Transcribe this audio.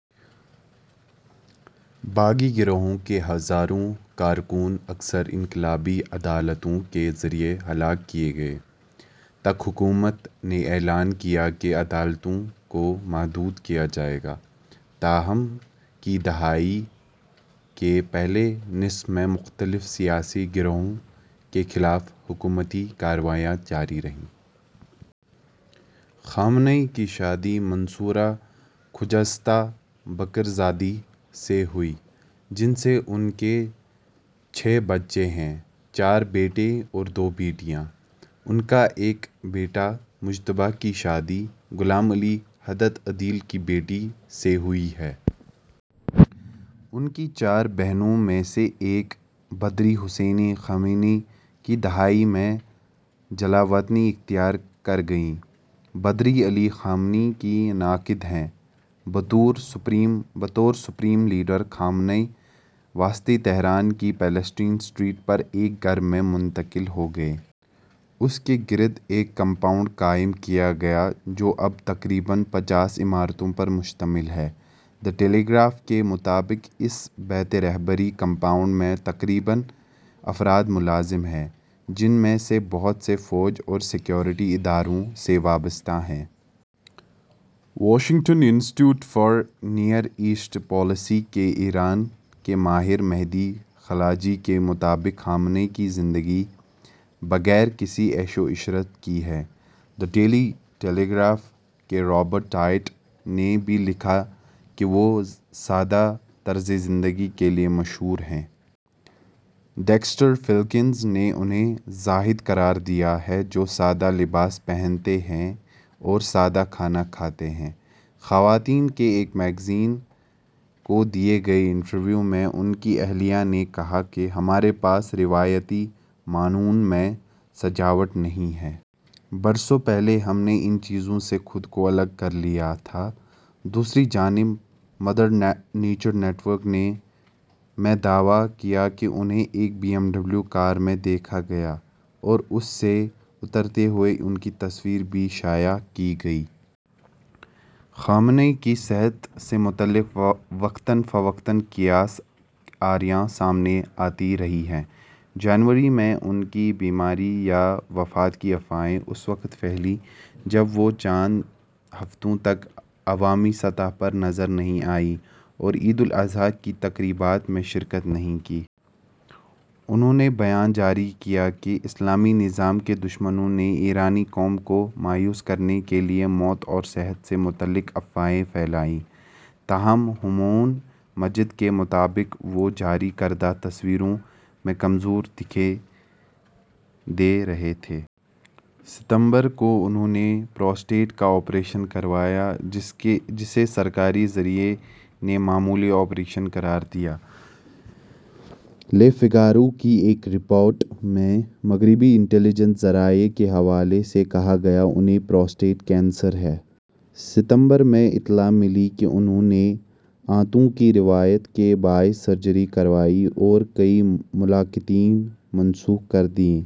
باغی گروہوں کے ہزاروں کارکن اکثر انقلابی عدالتوں کے ذریعے ہلاک کیے گئے۔ ء تک حکومت نے اعلان کیا کہ عدالتوں کو محدود کیا جائے گا تاہم ء کی دہائی کے پہلے نصف میں مختلف سیاسی گروہوں کے خلاف حکومتی کارروائیاں جاری رہیں۔ ۔ خامنہ ای کی شادی منصورہ خجستہ باقر زادہ سے ہوئی جن سے ان کے چھ بچے ہیں: چار بیٹے اور دو بیٹیاں ۔ ان کے ایک بیٹے مجتبیٰ کی شادی غلام علی حداد عادل کی بیٹی سے ہوئی ہے۔ ان کی چار بہنوں میں سے ایک بدری حسینی خامنہ ای ء کی دہائی میں جلاوطنی اختیار کر گئیں۔ بدری علی خامنہ ای کی ناقد ہیں۔ بطور سپریم لیڈر خامنہ ای وسطی تہران کی فلسطین اسٹریٹ پر ایک گھر میں منتقل ہوئے۔ اس کے گرد ایک کمپاؤنڈ قائم کیا گیا جو اب تقریباً پچاس عمارتوں پر مشتمل ہے۔ 'دی ٹیلی گراف' کے مطابق اس 'بیت رہبری کمپاؤنڈ' میں تقریباً افراد ملازم ہیں، جن میں سے بہت سے فوج اور سیکیورٹی اداروں سے وابستہ ہیں۔ Washington Institute for Near East Policy کے ایران کے ماہر مہدی خلجی کے مطابق خامنہ ای کی زندگی 'بغیر کسی عیش و عشرت کے' ہے۔ 'دی ڈیلی ٹیلی گراف' کے رابرٹ ٹیٹ نے بھی لکھا کہ وہ سادہ طرز زندگی کے لیے معروف ہیں۔ ڈیکسر فلکنز نے انھیں 'زاہد' قرار دیا ہے جو سادہ لباس پہنتے اور سادہ کھانا کھاتے ہیں۔ خواتین کے ایک میگزین کو دیے گئے انٹرویو میں ان کی اہلیہ نے کہا کہ 'ہمارے پاس روایتی معنوں میں سجاوٹ نہیں ہے۔ برسوں پہلے ہم نے ان چیزوں سے خود کو الگ کر لیا تھا۔ ' دوسری جانب مدر نیچر نیٹ ورک نے ء میں دعویٰ کیا کہ انھیں ایک بی ایم ڈبلیو کار میں دیکھا گیا اور اس سے اترتے ہوئے ان کی تصویر بھی شائع کی گئی۔ خامنہ ای کی صحت سے متعلق وقتاً فوقتاً قیاس آرائیاں سامنے آتی رہی ہیں۔ جنوری ء میں ان کی بیماری یا وفات کی افواہیں اس وقت پھیلیں جب وہ چند ہفتوں تک عوامی سطح پر نظر نہیں آئے اور عید الاضحیٰ کی تقریبات میں شرکت نہیں کی۔ انھوں نے بیان جاری کیا کہ 'اسلامی نظام کے دشمنوں نے ایرانی قوم کو مایوس کرنے کے لیے موت اور صحت سے متعلق افواہیں پھیلائیں' تاہم ہومان مجد کے مطابق وہ جاری کردہ تصاویر میں کمزور دکھائی دے رہے تھے۔ ستمبر ء کو انھوں نے پروسٹیٹ کا آپریشن کروایا جسے سرکاری ذرائع نے'معمول کا آپریشن' قرار دیا۔ 'لی فیگارو' کی ایک رپورٹ میں مغربی انٹیلی جنس ذرائع کے حوالے سے کہا گیا کہ انھیں پروسٹیٹ کینسر ہے۔ ستمبر ء میں اطلاع ملی کہ انھوں نے آنتوں کی رکاوٹ کے باعث سرجری کروائی اور کئی ملاقاتیں منسوخ کیں۔